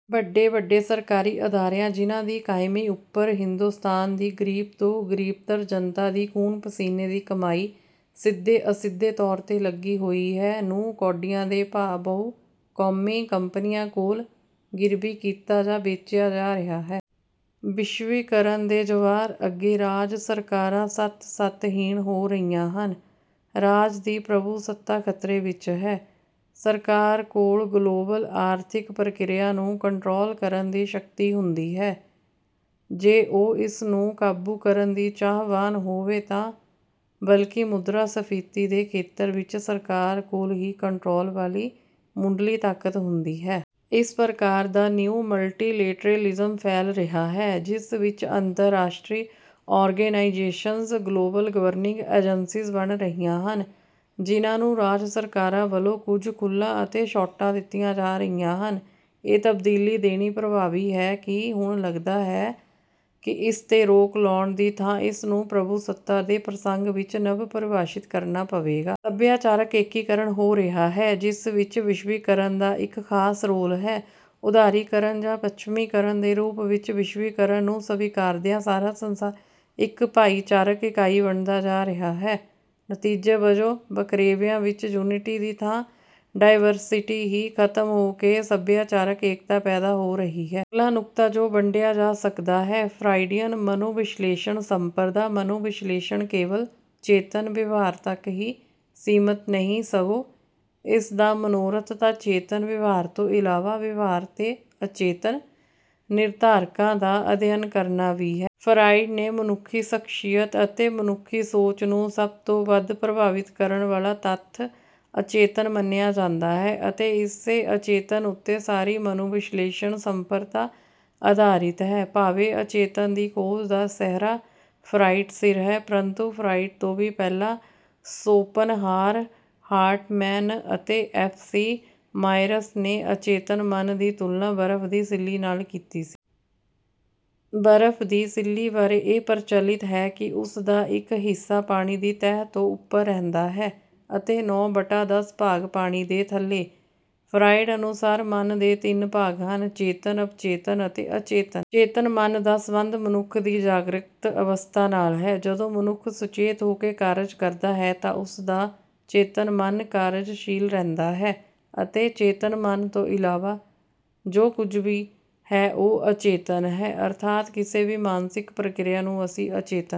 ਵੱਡੇ-ਵੱਡੇ ਸਰਕਾਰੀ ਅਦਾਰੇ ਜਿਨ੍ਹਾਂ ਦੀ ਕਾਇਮੀ ਉੱਪਰ ਹਿੰਦੋਸਤਾਨ ਦੀ ਗਰੀਬ ਤੋਂ ਗਰੀਬਤਰ ਜਨਤਾ ਦੀ ਖੂਨ ਪਸੀਨੇ ਦੀ ਕਮਾਈ ਸਿੱਧੇ-ਅਸਿੱਧੇ ਤੌਰ ਤੇ ਲੱਗੀ ਹੋਈ ਹੈ, ਨੂੰ ਕੌਡੀਆਂ ਦੇ ਭਾਅ ਬਹੁ-ਕੌਮੀ ਕੰਪਨੀਆਂ ਕੋਲ ਗਿਰਵੀ ਕੀਤਾ ਜਾਂ ਵੇਚਿਆ ਜਾ ਰਿਹਾ ਹੈ। ਵਿਸ਼ਵੀਕਰਨ ਦੇ ਜਵਾਰ ਅੱਗੇ ਰਾਜ ਸਰਕਾਰਾਂ ਸੱਤ-ਸੱਤ ਹੀਣ ਹੋ ਰਹੀਆਂ ਹਨ। ਰਾਜ ਦੀ ਪ੍ਰਭੂਸੱਤਾ ਖਤਰੇ ਵਿੱਚ ਹੈ। ਸਰਕਾਰ ਕੋਲ ਗਲੋਬਲ ਆਰਥਿਕ ਪ੍ਰਕਿਰਿਆ ਨੂੰ ਕੰਟਰੋਲ ਕਰਨ ਦੀ ਸ਼ਕਤੀ ਹੁੰਦੀ ਹੈ, ਜੇ ਉਹ ਇਸ ਨੂੰ ਕਾਬੂ ਕਰਨ ਦੀ ਚਾਹਵਾਨ ਹੋਵੇ ਤਾਂ ਬਲਕਿ ਮੁਦਰਾ ਸਫੀਤੀ ਦੇ ਖੇਤਰ ਵਿੱਚ ਸਰਕਾਰ ਕੋਲ ਹੀ ਕੰਟਰੋਲ ਵਾਲੀ ਮੁਢਲੀ ਤਾਕਤ ਹੁੰਦੀ ਹੈ। ਇਸ ਪ੍ਰਕਾਰ ਦਾ ਨਿਊ ਮਲਟੀਲੇਟਰੇਲਿਜ਼ਮ ਫੈਲ ਰਿਹਾ ਹੈ, ਜਿਸ ਵਿੱਚ ਅੰਤਰਾਸ਼ਟਰੀ ਔਰਗਨਾਈਜੇਸ਼ਨਜ਼, ਗਲੋਬਲ ਗਵਰਨਿੰਗ ਏਜੰਸੀਜ਼ ਬਣ ਰਹੀਆਂ ਹਨ, ਜਿਨ੍ਹਾਂ ਨੂੰ ਰਾਜ ਸਰਕਾਰਾਂ ਵੱਲੋਂ ਕੁਝ ਖੁੱਲਾਂ ਅਤੇ ਛੋਟਾਂ ਦਿੱਤੀਆਂ ਜਾ ਰਹੀਆਂ ਹਨ। ਇਹ ਤਬਦੀਲੀ ਦੇਣੀ ਪ੍ਰਭਾਵੀ ਹੈ ਕਿ ਹੁਣ ਲਗਦਾ ਹੈ ਕਿ ਇਸ ਤੇ ਰੋਕ ਲਾਉਣ ਦੀ ਥਾਂ ਇਸ ਨੂੰ ਪ੍ਰਭੂਸੱਤਾ ਦੇ ਪ੍ਰਸੰਗ ਵਿੱਚ ਨਵ ਪਰਿਭਾਸ਼ਿਤ ਕਰਨਾ ਪਵੇਗਾ। ਸਭਿਆਚਾਰਕ ਏਕੀਕਰਨ ਹੋ ਰਿਹਾ ਹੈ ਜਿਸ ਵਿੱਚ ਵਿਸ਼ਵੀਕਰਨ ਦਾ ਇੱਕ ਖਾਸ ਰੋਲ ਹੈ। ਉਦਾਰੀਕਰਨ ਜਾਂ ਪੱਛਮੀਕਰਨ ਦੇ ਰੂਪ ਵਿੱਚ ਵਿਸ਼ਵੀਕਰਨ ਨੂੰ ਸਵੀਕਾਰਦਿਆਂ ਸਾਰਾ ਸੰਸਾਰ ਇਕੋ ਸਭਿਆਚਾਰਕ ਇਕਾਈ ਬਣਦਾ ਜਾ ਰਿਹਾ ਹੈ। ਨਤੀਜੇ ਵਜੋਂ ਵਖਰੇਵਿਆਂ ਵਿੱਚ ਯੂਨਿਟੀ ਦੀ ਥਾਂ ਡਾਇਵਰਸਿਟੀ ਹੀ ਖਤਮ ਹੋ ਕੇ ਸਭਿਆਚਾਰਕ ਏਕਤਾ ਪੈਦਾ ਹੋ ਰਹੀ ਹੈ। ਅਗਲਾ ਨੁਕਤਾ ਜੋ ਵੰਡਿਆ ਜਾ ਸਕਦਾ ਹੈ ਫਰਾਇਡੀਅਨ ਮਨੋਵਿਸ਼ਲੇਸ਼ਣ ਸੰਪਰਦਾ। ਮਨੋਵਿਸ਼ਲੇਸ਼ਣ ਕੇਵਲ ਚੇਤਨ ਵਿਵਹਾਰ ਤੱਕ ਹੀ ਸੀਮਿਤ ਨਹੀਂ ਸਗੋਂ ਇਸਦਾ ਮਨੋਰਥ ਤਾਂ ਚੇਤਨ ਵਿਵਹਾਰ ਤੋਂ ਇਲਾਵਾ ਵਿਵਹਾਰ ਦੇ ਅਚੇਤਨ ਨਿਰਧਾਰਕਾਂ ਦਾ ਅਧਿਐਨ ਕਰਨਾ ਵੀ ਹੈ। ਫਰਾਇਡ ਨੇ ਮਨੁੱਖੀ ਸਖ਼ਸੀਅਤ ਅਤੇ ਮਨੁੱਖੀ ਸੋਚ ਨੂੰ ਸਭ ਤੋਂ ਵੱਧ ਪ੍ਰਭਾਵਿਤ ਕਰਨ ਵਾਲਾ ਤੱਥ ਅਚੇਤਨ ਮੰਨਿਆ ਜਾਂਦਾ ਹੈ ਅਤੇ ਇਸੇ ਅਚੇਤਨ ਉੱਤੇ ਸਾਰੀ ਮਨੋਵਿਸ਼ਲੇਸ਼ਣ ਸੰਪਰਦਾ ਆਧਾਰਿਤ ਹੈ। ਭਾਵੇਂ ਅਚੇਤਨ ਦੀ ਖੋਜ ਦਾ ਸਿਹਰਾ ਫਰਾਇਡ ਸਿਰ ਹੈ, ਪ੍ਰੰਤੂ ਫਰਾਇਡ ਤੋਂ ਵੀ ਪਹਿਲਾਂ ਸ਼ੋਪਨਹਾਰ, ਹਾਰਟਮੈਨ ਅਤੇ ਐਫ ਸੀ ਮਾਯਰਸ ਨੇ ਅਚੇਤਨ ਮਨ ਦੀ ਤੁਲਨਾ ਬਰਫ਼ ਦੀ ਸਿੱਲੀ ਨਾਲ ਕੀਤੀ ਸੀ। ਬਰਫ਼ ਦੀ ਸਿੱਲੀ ਬਾਰੇ ਇਹ ਪ੍ਰਚਲਿਤ ਹੈ ਕਿ ਉਸਦਾ ਇੱਕ ਹਿੱਸਾ ਪਾਣੀ ਦੀ ਤਹਿ ਤੋਂ ਉੱਪਰ ਰਹਿੰਦਾ ਹੈ ਅਤੇ ਨੌ ਬਟਾ ਦਸ ਭਾਗ ਪਾਣੀ ਦੇ ਥੱਲੇ। ਫਰਾਇਡ ਅਨੁਸਾਰ ਮਨ ਦੇ ਤਿੰਨ ਭਾਗ ਹਨ, ਚੇਤਨ, ਅਵਚੇਤਨ ਅਤੇ ਅਚੇਤਨ। ਚੇਤਨ ਮਨ ਦਾ ਸੰਬੰਧ ਮਨੁੱਖ ਦੀ ਜਾਗਰਿਤ ਅਵਸਥਾ ਨਾਲ ਹੈ। ਜਦੋਂ ਮਨੁੱਖ ਸੁਚੇਤ ਹੋ ਕੇ ਕਾਰਜ ਕਰਦਾ ਹੈ ਤਾਂ ਉਸ ਦਾ ਚੇਤਨ ਮਨ ਕਾਰਜਸ਼ੀਲ ਰਹਿੰਦਾ ਹੈ ਅਤੇ ਚੇਤਨ ਮਨ ਤੋਂ ਇਲਾਵਾ ਜੋ ਕੁੱਝ ਵੀ ਹੈ ਉਹ ਅਚੇਤਨ ਹੈ। ਅਰਥਾਤ ਕਿਸੇ ਵੀ ਮਾਨਸਿਕ ਪ੍ਰਕ੍ਰਿਆ ਨੂੰ ਅਸੀਂ ਅਚੇਤਨ